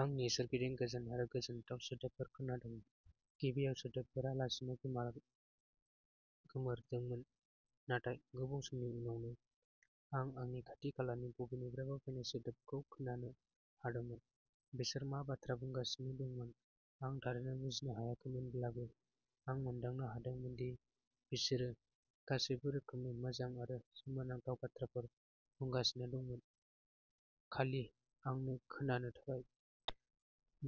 आंनि सोरगिदिं गोजोन आरो गोजोनथाव सोदोबफोर खोनादोंमोन। गिबियाव सोदोबफोरा लासैनो गोमा गोमोरदोंमोन नाथाय गोबाव समनि उनावनो, आं आंनि खाथि-खालानि बबेनिफ्रायबा फैनाय सोदोबखौ खोनानो हादोंमोन। बिसोर मा बाथ्रा बुंगासिनो दंमोन आं थारै बुजिनो हायाखैमोनब्लाबो आं मोनदांनो हादोंमोन दि बिसोरो गासैबो रोखोमनि मोजां आरो सोमोनांथाव बाथ्राफोर बुंगासिनो दंमोन, खालि आंनो खोनानो थाखाय।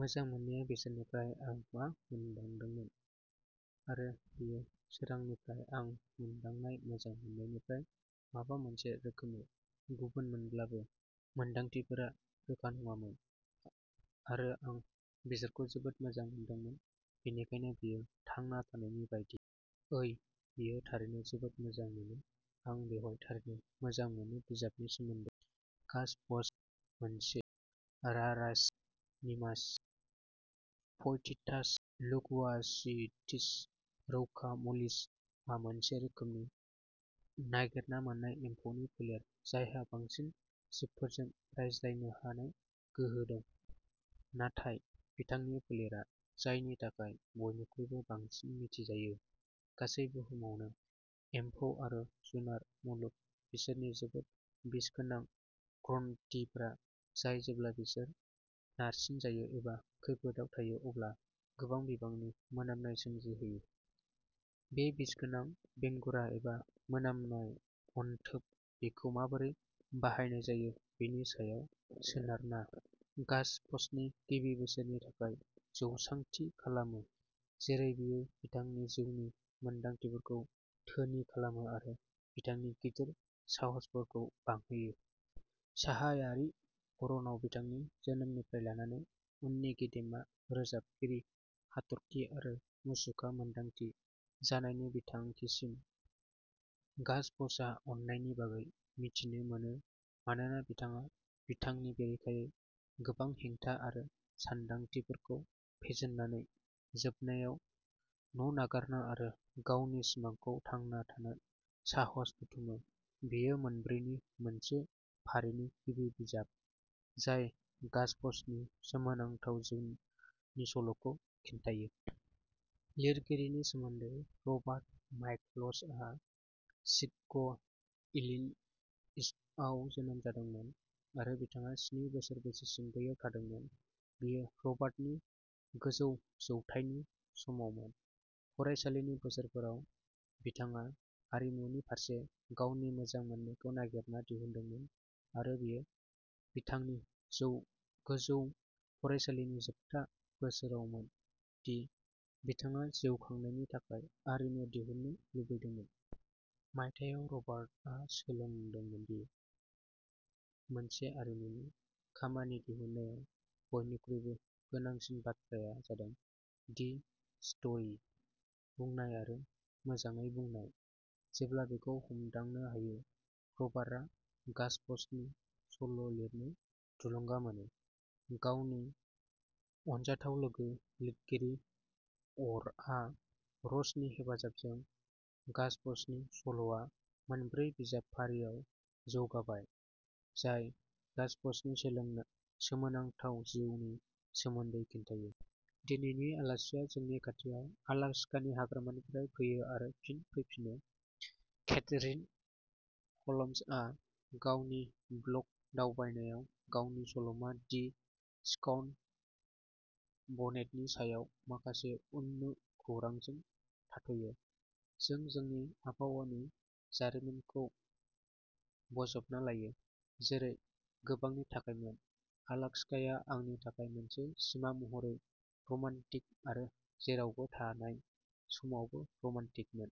मोजां मोननाया बिसोरनिफ्राय आं मा मोनदांदोंमोन। आरो बेयो सोरांनिफ्राय आं मोनदांनाय मोजां मोननायनिफ्राय माबा मोनसे रोखोमै गुबुनमोनब्लाबो, मोनदांथिफोरा रोखा नङामोन आरो आं बिसोरखौ जोबोद मोजां मोनदोंमोन बेनिखायनो बेयो थांना थानायनि बायदि। ओइ, बेयो थारैनो जोबोद मोजां मोनो आं बेवहाय थारैनो मोजां मोनो बिजाबनि सोमोन्दै गाजपाच', मोनसे "रारास निमास फ'इटिडास ल'कुवासियाटिस रौका म'लिस" आ मोनसे रोखोमनि नागिरना मोननाय एम्फौनि फोलेर जायहा बांसिन जिबफोरजों रायज्लायनो हानाय गोहो दं। नाथाय बिथांनि फोलेरा जायनि थाखाय बयनिख्रुइबो बांसिन मिथिजायो, गासै बुहुमावनो। एम्फौ आरो जुनार मुलुग, बिसोरनि जोबोद बिसगोनां ग्रन्थिफोरा जाय जेब्ला बिसोर नारसिनजायो एबा खैफोदआव थायो अब्ला गोबां बिबांनि मोनामनाय सोमजिहोयो। बे बिसगोनां "बेंगुरा" एबा मोनामनाय "अनथोब", बेखौ माबोरै बाहायनाय जायो बेनि सायाव सोनारना, गाजपाच'नि गिबि बोसोरफोरनि थाखाय जौसां थि खालामो जेरै बेयो बिथांनि जिउनि मोनदांथिफोरखौ धोनि खालामो आरो बिथांनि गिदिर साहसफोरखौ बांहोयो। साहायारि अरनाव बिथांनि जोनोमनिफ्राय लानानै उननि गेदेमा रोजाबगिरि हाथरखि आरो मुसुखा मोनदांथि जानायनि बिथांखिसिम, गाज्पच'आ अननायनि बागै मिथिनो मोनो मानोना बिथाङा बिथांनि बेरेखायै गोबां हेंथा आरो सानदांथिफोरखौ फेजेननानै जोबनायाव न'नागारनो आरो गावनि सिमांखौ थांना थानो साहस बुथुमो बेयो मोनब्रैनि मोनसे फारिनि गिबि बिजाब जाय गाज्पाच'नि सोमोनांथाव जिउनि सल'खौ खिन्थायो! लिरगिरिनि सोमोन्दै रबार्ट माइकल्स आ शिक', इलिन'इसआव जोनोम जादोंमोन आरो बिथाङा स्नि बोसोर बैसोसिम बैयाव थादोंमोन। बेयो रबार्टनि गोजौ जौथायनि समावमोन। फरायसालिनि बोसोरफोराव बिथाङा आरिमुनि फारसे गावनि मोजां मोननायखौ नागिरना दिहुनदोंमोन आरो बेयो बिथांनि जौ गोजौ फरायसालिनि जोबथा बोसोरावमोन दि बिथाङा जिउ खांनायनि थाखाय आरिमु दिहुननो लुबैदोंमोन। मायथाइयाव रबार्टआ सोलोंदोंमोन दि मोनसे आरिमुनि खामानि दिहुननायाव बयनिख्रुइबो गोनांसिन बाथ्राया जादों "दि स्टरि" बुंनाय आरो मोजाङै बुंनाय। जेब्ला बेखौ हमदांनो हायो, रबार्टआ गाजपाच'नि सल'लिरनो थुलुंगा मोनो। गावनि अनजाथाव लोगो लिरगिरि अर'रा र'जनि हेफाजाबजों, गाजपाच'नि सल'आ मोनब्रै बिजाब फारिआव जौगाबाय, जाय गाज्पाच'नि सोलोंनो सोमोनांथाव जिउनि सोमोन्दै खिन्थायो। दिनैनि आलासिआ जोंनि खाथियाव आलास्कानि हाग्रानिफ्राय फैयो आरो फिन फैफिनो। केथरिन ह'ल्मसआ गावनि ब्लग दावबायनायाव गावनि सल'मा दि स्वान बनेटनि सायाव माखासे उननु खौरांजों थाथ'यो। जों जोंनि आबहावानि जारिमिनखौ बोजबना लायो, जेरै गोबांनि थाखायमोन, आलास्काया आंनि थाखाय मोनसे सिमा महरै रमान्टिक आरो जेरावबो थानाय समावबो रमान्टिकमोन।